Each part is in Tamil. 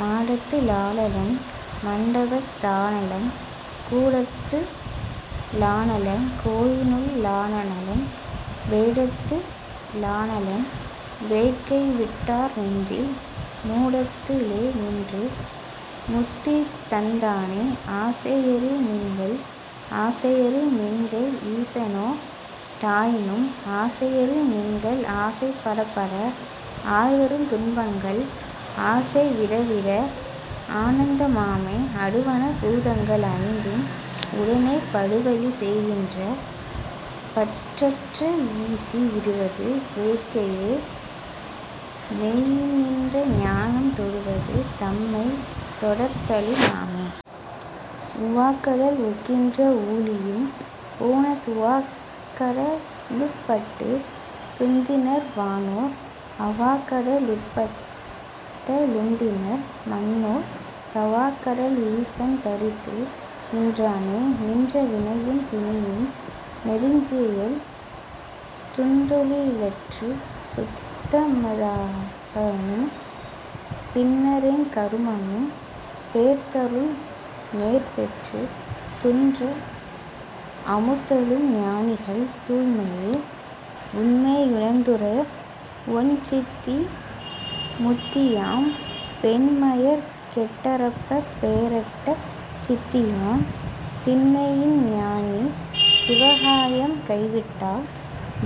மாடத்து ளானலன் மண்டபத் தானலன் கூடத்து ளானலன் கோயிலுள் ளானலன் வேடத்து ளானலன் வேட்கைவிட் டார்நெஞ்சில் மூடத்து ளேநின்று முத்திதந் தானே.. ஆசை யறுமின்கள் ஆசை யறுமின்கள் ஈசனோ டாயினும் ஆசை யறுமின்கள் ஆசை படப்பட ஆய்வருந் துன்பங்கள் ஆசை விடவிட ஆனந்த மாமே.. அடுவன பூதங்கள் ஐந்தும் உடனே படுவழி செய்கின்ற பற்றற வீசி விடுவது வேட்கையை மெய்ந்நின்ற ஞானம் தொடுவது தம்மைத் தொடர்தலு மாமே.. உவாக்கடல் ஒக்கின்ற வூழியும் போன துவாக்கட லுட்பட்டுத் துஞ்சினர் வானோர் அவாக்கட லுட்பட் டழுந்தினர் மண்ணோர் தவாக்கடல் ஈசன் தரித்து நின்றானே.. நின்ற வினையும் பிணியும் நெடுஞ்செயல் துந்தொழி லற்றுச் சுத்தம தாகலும் பின்றைங் கருமமும் பேர்த்தருள் நேர்பெற்றுத் துன்ற அழுத்தலும் ஞானிகள் தூய்மையே.. உண்மை யுணர்ந்துற ஒண்சித்தி முத்தியாம் பெண்மயற் கெட்டறப் பேறட்ட சித்தியாம் திண்மையின் ஞானி சிவகாயம் கைவிட்டால்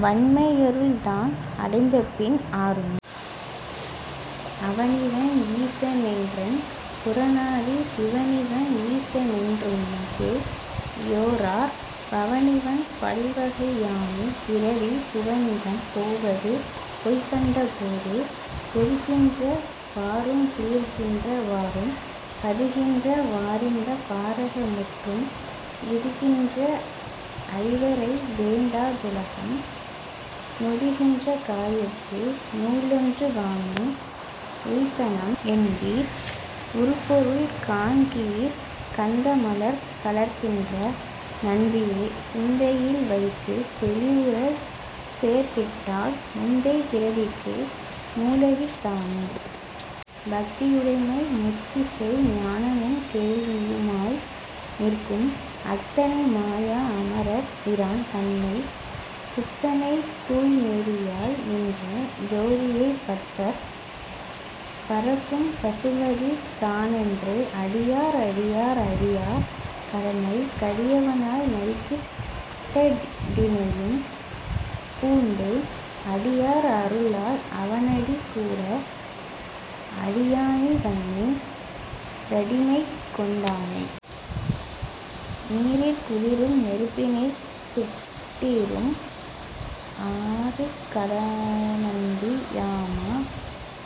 வண்மை யருள்தான் அடைந்தபின் ஆறுமே.. அவனிவன் ஈசனென் றன்புற நாடிச் சிவனிவன் ஈசனென் றுண்மையை யோரார் பவனிவன் பல்வகை யாமிப் பிறவி புவனிவன் போவது பொய்கண்ட போதே.. கொதிக்கின்ற வாறுங் குளிர்கின்ற வாறும் பதிக்கின்ற வாறிந்தப் பாரக முற்றும் விதிக்கின்ற ஐவரை வேண்டா துலகம் நொதிக்கின்ற காயத்து நூலொன்று மாமே.. உய்ந்தனம் என்பீர் உறுபொருள் காண்கிலீர் கந்த மலரிற் கலக்கின்ற நந்தியைச் சிந்தையில் வைத்துத் தெளிவுறச் சேர்த்திட்டால் முந்தைப் பிறவிக்கு மூலவித் தாமே... பக்தியுடைமை முத்திசெய் ஞானமும் கேள்வியு மாய்நிற்கும் அத்தனை மாயா அமரர் பிரான்தனைச் சுத்தனை தூய்நெறி யாய்நின்ற சோதியைப் பத்தர் பரசும் பசுபதி தானென்றே.. அடியார் அடியார் அடியார்க் கடிமைக் கடியவனாய் நல்கிட் டடினையும் பூண்டேன் அடியார் அருளால் அவனடி கூட அடியா னிவனென் றடிமைகொண் டானே.. நீரிற் குளிரும் நெருப்பினிற் சுட்டிடும் ஆரிக் கடனந்தி யாமா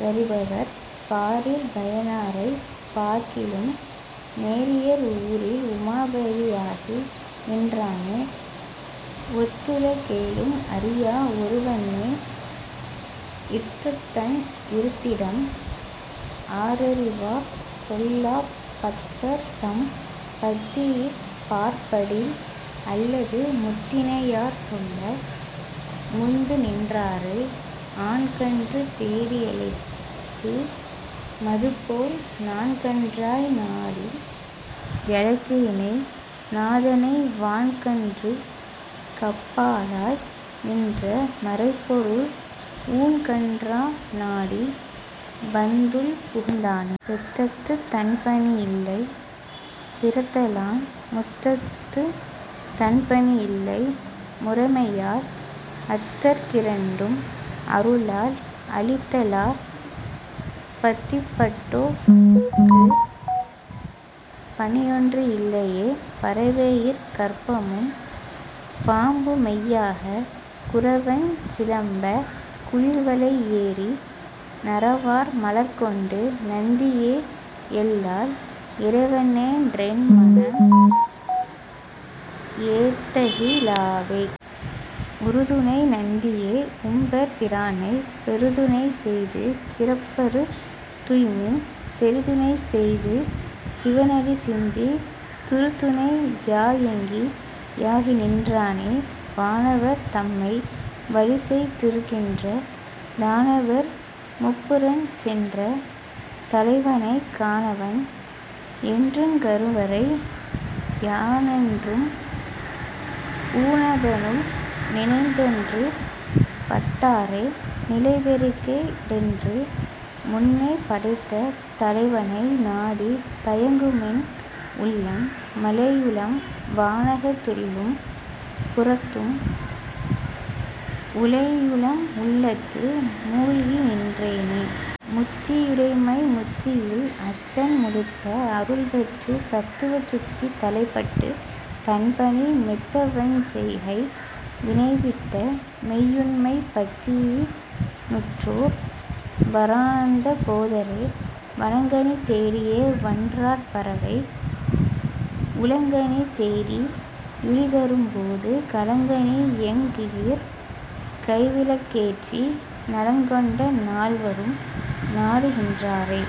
ரறிபவர் பாரிற் பயனாரைப் பார்க்கிலும் நேரியர் ஊரில் உமாபதி யாகிநின் றானே.. ஒத்துல கேழும் அறியா ஒருவனென் ற்த்தன் இருந்திடம் ஆரறிவார்சொல்லப் பத்தர்தம் பத்தியிற் பாற்படில் அல்லது முத்தினை யார்சொல்ல முந்துநின் றாரே.. ஆன்கன்று தேடி யழைக்கு மதுபோல் நான்கன்றாய் நாடி யழைத்தேனென் நாதனை வான்கன்றுக் கப்பாலாய் நின்ற மறைப்பொருள் ஊன்கன்றா னாடிவந் துள்புகுந் தானே.. பெத்தத்துந் தன்பணி இல்லை பிறத்தலான் முத்தத்துந் தன்பணி இல்லை முறைமையால் அத்தற் கிரண்டும் அருளால் அளித்தலாற் பத்திப்பட் டோ ர்க்குப் பணியொன்றும் இல்லையே.. பறவையிற் கற்பமும் பாம்புமெய் யாகப் குறவஞ் சிலம்பக் குளிர்வரை யேறி நறவார் மலர்கொண்டு நந்தியை யல்லால் இறைவனென் றென்மனம் ஏத்தகி லாவே.. உறுதுணை நந்தியை உம்பர் பிரானை பெறுதுணை செய்து பிறப்பறுத் துய்மின் செறிதுணை செய்து சிவனடி சிந்தித் துறுதுணை யாயங்கி யாகிநின் றானே.. வானவர் தம்மை வலிசெய் திருக்கின்ற தானவர் முப்புரஞ் சென்ற தலைவனைக் கானவன் என்றுங் கருவரை யானென்றும் ஊனத னுள்நினைந் தொன்றுபட் டாரே.. நிலைபெறு கேடென்று முன்னே படைத்த தலைவனை நாடித் தயங்குமென் உள்ளம் மலையுளும் வானகத் துள்ளும் புறத்தும் உலையுளும் உள்ளத்து மூழ்கிநின் றேனே... முத்தியுடைமை முத்தியில் அத்தன் முழுத்த அருள்பெற்றுத் தத்துவ சுத்தி தலைப்பட்டுத் தன்பணி மெய்த்தவஞ் செய்கை வினைவிட்ட மெய்யுண்மைப் பத்தியி லுற்றோர் பரானந்த போதரே.. வளங்கனி தேடிய வன்றாட் பறவை உளங்கனி தேடி யுழிதரும் போது களங்கனி யங்கியிற் கைவிளக் கேற்றி நலங் கொண்ட நால்வரும் நாடுகின்றாரே..